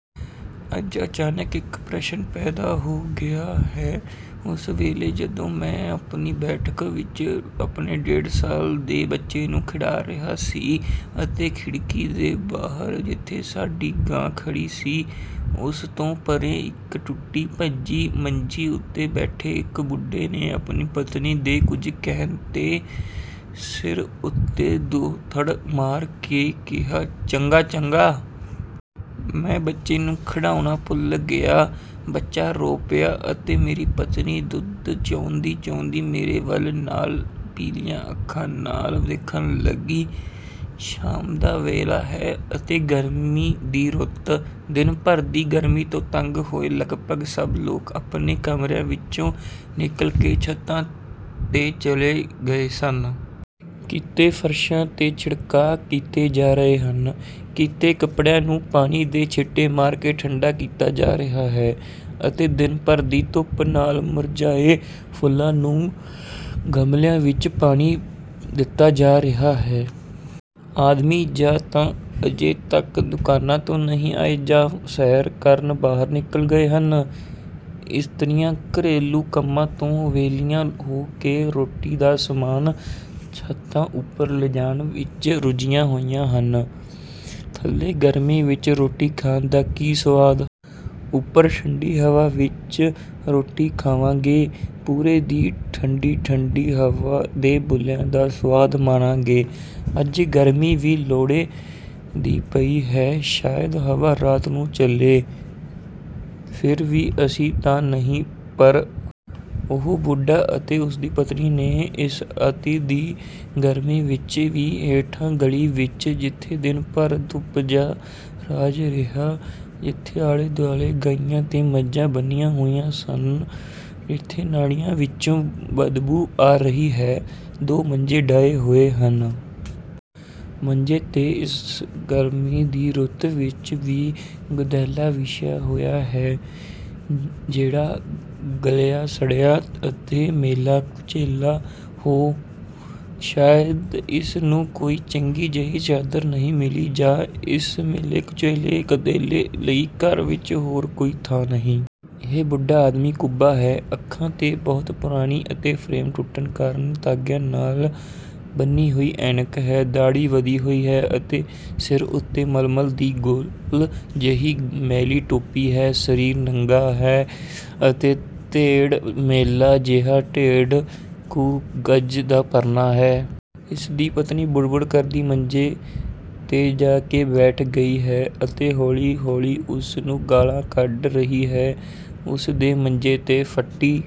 ਅੱਜ ਅਚਾਨਕ ਇੱਕ ਪ੍ਰਸ਼ਨ ਪੈਦਾ ਹੋ ਗਿਆ ਹੈ। ਉਸ ਵੇਲੇ, ਜਦੋਂ ਮੈਂ ਆਪਣੀ ਬੈਠਕ ਵਿੱਚ ਆਪਣੇ ਡੇਢ ਸਾਲ ਦੇ ਬੱਚੇ ਨੂੰ ਖਿਡਾ ਰਿਹਾ ਸੀ ਅਤੇ ਖਿੜਕੀ ਦੇ ਬਾਹਰ, ਜਿੱਥੇ ਸਾਡੀ ਗਾਂ ਖੜ੍ਹੀ ਸੀ, ਉਸ ਤੋਂ ਪਰ੍ਹੇ ਇੱਕ ਟੁੱਟੀ-ਭੱਜੀ ਮੰਜੀ ਉੱਤੇ ਬੈਠੇ ਇੱਕ ਬੁੱਢੇ ਨੇ ਆਪਣੀ ਪਤਨੀ ਦੇ ਕੁਝ ਕਹਿਣ 'ਤੇ ਸਿਰ ਉੱਤੇ ਦੁਹੱਥੜ ਮਾਰ ਕੇ ਕਿਹਾ, "ਚੰਗਾ, ਚੰਗਾ।" ਮੈਂ ਬੱਚੇ ਨੂੰ ਖਿਡਾਉਣਾ ਭੁੱਲ ਗਿਆ। ਬੱਚਾ ਰੋ ਪਿਆ ਅਤੇ ਮੇਰੀ ਪਤਨੀ ਦੁੱਧ ਚੋਂਦੀ-ਚੋਂਦੀ ਮੇਰੇ ਵੱਲ ਲਾਲ-ਪੀਲੀਆਂ ਅੱਖਾਂ ਨਾਲ ਦੇਖਣ ਲੱਗੀ। ਸ਼ਾਮ ਦਾ ਵੇਲਾ ਹੈ ਅਤੇ ਗਰਮੀ ਦੀ ਰੁੱਤ। ਦਿਨ ਭਰ ਦੀ ਗਰਮੀ ਤੋਂ ਤੰਗ ਹੋਏ ਲਗਭਗ ਸਭ ਲੋਕ ਆਪਣੇ ਕਮਰਿਆਂ ਵਿੱਚੋਂ ਨਿਕਲ ਕੇ ਛੱਤਾਂ 'ਤੇ ਚਲੇ ਗਏ ਸਨ। ਕਿਤੇ ਫ਼ਰਸ਼ਾਂ 'ਤੇ ਛਿੜਕਾਅ ਕੀਤੇ ਜਾ ਰਹੇ ਹਨ, ਕਿਤੇ ਕੱਪੜਿਆਂ ਨੂੰ ਪਾਣੀ ਦੇ ਛਿੱਟੇ ਮਾਰ ਕੇ ਠੰਢਾ ਕੀਤਾ ਜਾ ਰਿਹਾ ਹੈ ਅਤੇ ਦਿਨ ਭਰ ਦੀ ਧੁੱਪ ਨਾਲ ਮੁਰਝਾਏ ਫੁੱਲਾਂ ਨੂੰ ਗਮਲਿਆਂ ਵਿੱਚ ਪਾਣੀ ਦਿੱਤਾ ਜਾ ਰਿਹਾ ਹੈ। ਆਦਮੀ ਜਾਂ ਤਾਂ ਅਜੇ ਤੱਕ ਦੁਕਾਨਾਂ ਤੋਂ ਨਹੀਂ ਆਏ ਜਾਂ ਸੈਰ ਕਰਨ ਬਾਹਰ ਨਿਕਲ ਗਏ ਹਨ। ਇਸਤਰੀਆਂ ਘਰੇਲੂ ਕੰਮਾਂ ਤੋਂ ਵਿਹਲੀਆਂ ਹੋ ਕੇ ਰੋਟੀ ਦਾ ਸਾਮਾਨ ਛੱਤਾਂ ਉੱਪਰ ਲਿਜਾਣ ਵਿੱਚ ਰੁੱਝੀਆਂ ਹੋਈਆਂ ਹਨ—ਥੱਲੇ ਗਰਮੀ ਵਿੱਚ ਰੋਟੀ ਖਾਣ ਦਾ ਕੀ ਸੁਆਦ? ਉੱਪਰ ਠੰਢੀ ਹਵਾ ਵਿੱਚ ਰੋਟੀ ਖਾਵਾਂਗੇ, ਪੁਰੇ ਦੀ ਠੰਢੀ-ਠੰਢੀ ਹਵਾ ਦੇ ਬੁੱਲਿਆਂ ਦਾ ਸੁਆਦ ਮਾਣਾਂਗੇ। ਅੱਜ ਗਰਮੀ ਵੀ ਲੋਹੜੇ ਦੀ ਪਈ ਹੈ, ਸ਼ਾਇਦ ਹਵਾ ਰਾਤ ਨੂੰ ਚੱਲੇ। ਫਿਰ ਵੀ ਆਸ ਤਾਂ ਨਹੀਂ, ਪਰ ਉਹ ਬੁੱਢਾ ਅਤੇ ਉਸ ਦੀ ਪਤਨੀ ਨੇ ਇਸ ਅਤਿ ਦੀ ਗਰਮੀ ਵਿੱਚ ਵੀ ਹੇਠਾਂ ਗਲੀ ਵਿੱਚ, ਜਿੱਥੇ ਦਿਨ ਭਰ ਧੁੱਪ ਦਾ ਰਾਜ ਰਿਹਾ, ਜਿੱਥੇ ਆਲੇ-ਦੁਆਲੇ ਗਾਈਆਂ ਤੇ ਮੱਝਾਂ ਬੰਨ੍ਹੀਆਂ ਹੋਈਆਂ ਹਨ, ਜਿੱਥੇ ਨਾਲੀਆਂ ਵਿੱਚੋਂ ਬਦਬੂ ਆ ਰਹੀ ਹੈ, ਦੋ ਮੰਜੇ ਡਾਹੇ ਹੋਏ ਹਨ। ਮੰਜੇ 'ਤੇ ਇਸ ਗਰਮੀ ਦੀ ਰੁੱਤ ਵਿੱਚ ਵੀ ਗੁਦੈਲਾ ਵਿਛਿਆ ਹੋਇਆ ਹੈ, ਜਿਹੜਾ ਗਲਿਆ-ਸੜਿਆ ਅਤੇ ਮੈਲਾ-ਕੁਚੈਲਾ ਹੈ। ਸ਼ਾਇਦ ਇਸ ਨੂੰ ਕੋਈ ਚੰਗੀ ਜਿਹੀ ਚਾਦਰ ਨਹੀਂ ਮਿਲੀ ਜਾਂ ਇਸ ਮੈਲੇ-ਕੁਚੈਲੇ ਗੁਦੈਲੇ ਲਈ ਘਰ ਵਿੱਚ ਹੋਰ ਕੋਈ ਥਾਂ ਨਹੀਂ। ਇਹ ਬੁੱਢਾ ਆਦਮੀ ਕੁੱਬਾ ਹੈ। ਅੱਖਾਂ 'ਤੇ ਬਹੁਤ ਪੁਰਾਣੀ ਅਤੇ ਫ਼ਰੇਮ ਟੁੱਟਣ ਕਾਰਨ ਧਾਗਿਆਂ ਨਾਲ ਬੰਨ੍ਹੀ ਹੋਈ ਐਨਕ ਹੈ। ਦਾੜ੍ਹੀ ਵਧੀ ਹੋਈ ਹੈ ਅਤੇ ਸਿਰ ਉੱਤੇ ਮਲਮਲ ਦੀ ਗੋਲ ਜਿਹੀ ਮੈਲੀ ਟੋਪੀ ਹੈ, ਸਰੀਰ ਨੰਗਾ ਹੈ ਅਤੇ ਤੇੜ ਮੈਲਾ ਜਿਹਾ ਡੇਢ ਕੁ ਗਜ਼ ਦਾ ਪਰਨਾ ਹੈ। ਇਸ ਦੀ ਪਤਨੀ ਬੁੜ-ਬੁੜ ਕਰਦੀ ਮੰਜੇ 'ਤੇ ਜਾ ਕੇ ਬੈਠ ਗਈ ਹੈ ਅਤੇ ਹੌਲੀ-ਹੌਲੀ ਉਸ ਨੂੰ ਗਾਲ੍ਹਾਂ ਕੱਢ ਰਹੀ ਹੈ। ਉਸ ਦੇ ਮੰਜੇ 'ਤੇ ਫਟੀ